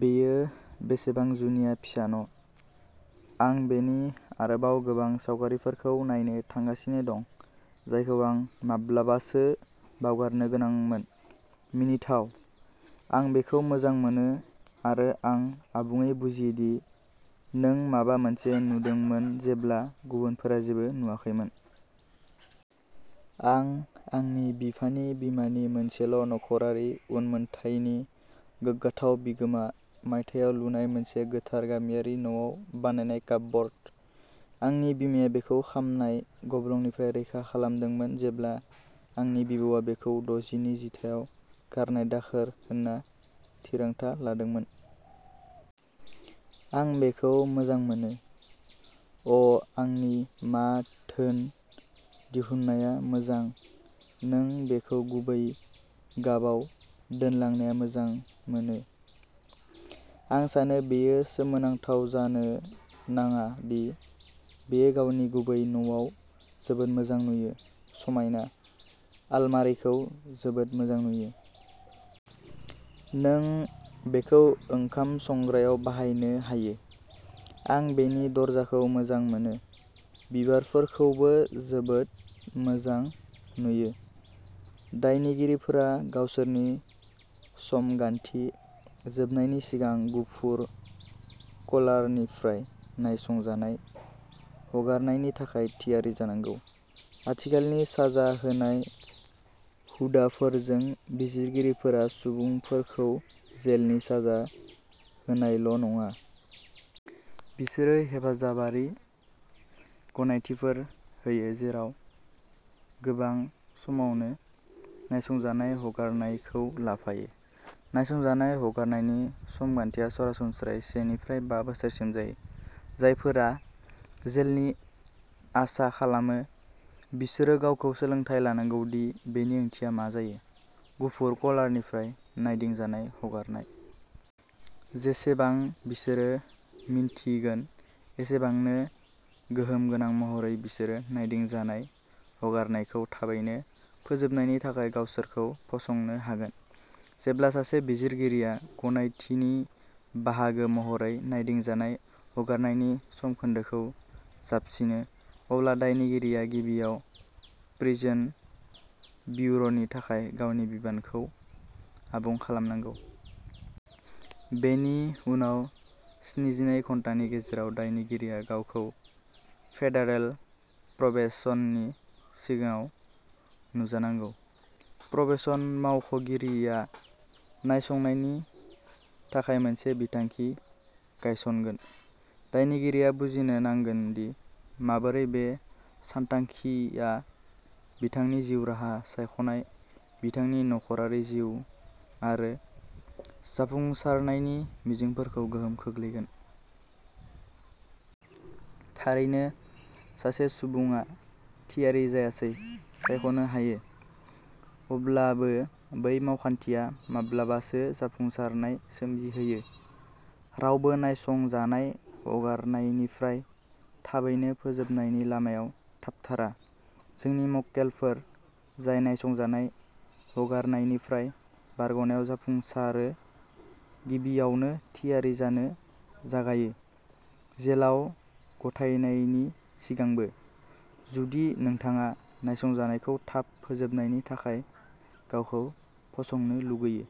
बेयो बेसेबां जुनिया फिसा न'। आं बेनि आरोबाव गोबां सावगारिफोरखौ नायनो थांगासिनो दं जायखौ आं माब्लाबासो बावगारनो गोनांमोन। मिनिथाव! आं बेखौ मोजां मोनो आरो आं आबुङै बुजियो दि नों माबा मोनसे नुदोंमोन जेब्ला गुबुनफोरा जेबो नुवाखैमोन। आं आंनि बिफानि बिमानि मोनसेल' नखरारि उनमोनथायनि गोग्गाथाव बिगोमा मायथाइयाव लुनाय मोनसे गोथार गामियारि न'आव बानायनाय कापब'र्ड। आंनि बिमाया बेखौ खामनाय गब्लंनिफ्राय रैखा खालामदोंमोन जेब्ला आंनि बिबौआ बेखौ द’जिनि जिथायाव गारनाय दाखोर होनना थिरांथा लादोंमोन। आं बेखौ मोजां मोनो। अ' आंनि मा धोन दिहुननाया मोजां नों बेखौ गुबै गाबआव दोनलांनाया मोजां मोनो। आं सानो बेयो सोमोनांथाव जानो नाङा दि बेयो गावनि गुबै न'आव जोबोद मोजां नुयो। समायना। आलमारिखौ जोबोद मोजां नुयो। नों बेखौ ओंखाम संग्रायाव बाहायनो हायो। आं बेनि दरजाखौ मोजां मोनो। बिबारफोरखौबो जोबोद मोजां नुयो। दायनिगिरिफोरा गावसोरनि समगान्थि जोबनायनि सिगां गुफुर कलारनिफ्राय नायसंजानाय हगारनायनि थाखाय थियारि जानांगौ। आथिखालनि साजा होनाय हुदाफोरजों बिजिरगिरिफोरा सुबुंफोरखौ जेलनि साजा होनायल'नङा। बिसोरो हेफाजाबारि गनायथिफोर होयो जेराव गोबां समावनो नायसंजानाय हगारनायखौ लाफायो। नायसंजानाय हगारनायनि समगान्थिया सरासनस्रायै सेनिफ्राय बा बोसोरसिम जायो। जायफोरा जेलनि आसा खालामो, बिसोरो गावखौ सोलोंथाय लानांगौ दि बेनि ओंथिया मा जायो। गुफुर कलारनिफ्राय नायदिंजानाय हगारनाय। जेसेबां बिसोरो मिन्थिगोन एसेबांनो गोहोम गोनां महरै बिसोरो नायदिंजानाय हगारनायखौ थाबैनो फोजोबनायनि थाखाय गावसोरखौ फसंनो हागोन। जेब्ला सासे बिजिरगिरिया गनायथिनि बाहागो महरै नायदिंजानाय हगारनायनि समखोन्दोखौ जाबसिनो अब्ला दायनिगिरिआ गिबियाव प्रिजन ब्युर'नि थाखाय गावनि बिबानखौ आबुं खालामनांगौ। बेनि उनाव स्निजिनै घन्टानि गेजेराव दायनिगिरिआ गावखौ फेडारेल प्रबेशननि सिगाङाव नुजानांगौ। प्रबेशन मावख'गिरिआ नायसंनायनि थाखाय मोनसे बिथांखि गायसनगोन। दायनिगिरिआ बुजिनो नांगोन दि माबोरै बे सानथांखि आ बिथांनि जिउ राहा सायख'नाय बिथांनि नखरारि जिउ आरो जाफुंसारनायनि मिजिंफोरखौ गोहोम खोख्लैगोन। थारैनो सासे सुबुङा थियारि जायासै सायख'नो हायो। अब्लाबो बै मावखान्थिया माब्लाबासो जाफुंसारनाय सोमजिहोयो। रावबो नायसंजानाय हगारनायनिफ्राय थाबैनो फोजोबनायनि लामायाव थाबथारा। जोंनि मक्केलफोर जाय नायसंजानाय हगारनायनिफ्राय बारग'नायाव जाफुंसारो गिबियावनो थियारि जानो जागायो, जेलाव गथायनायनि सिगांबो। जुदि नोंथाङा नायसंजानायखौ थाब फोजोबनायनि थाखाय गावखौ फसंनो लुगैयो।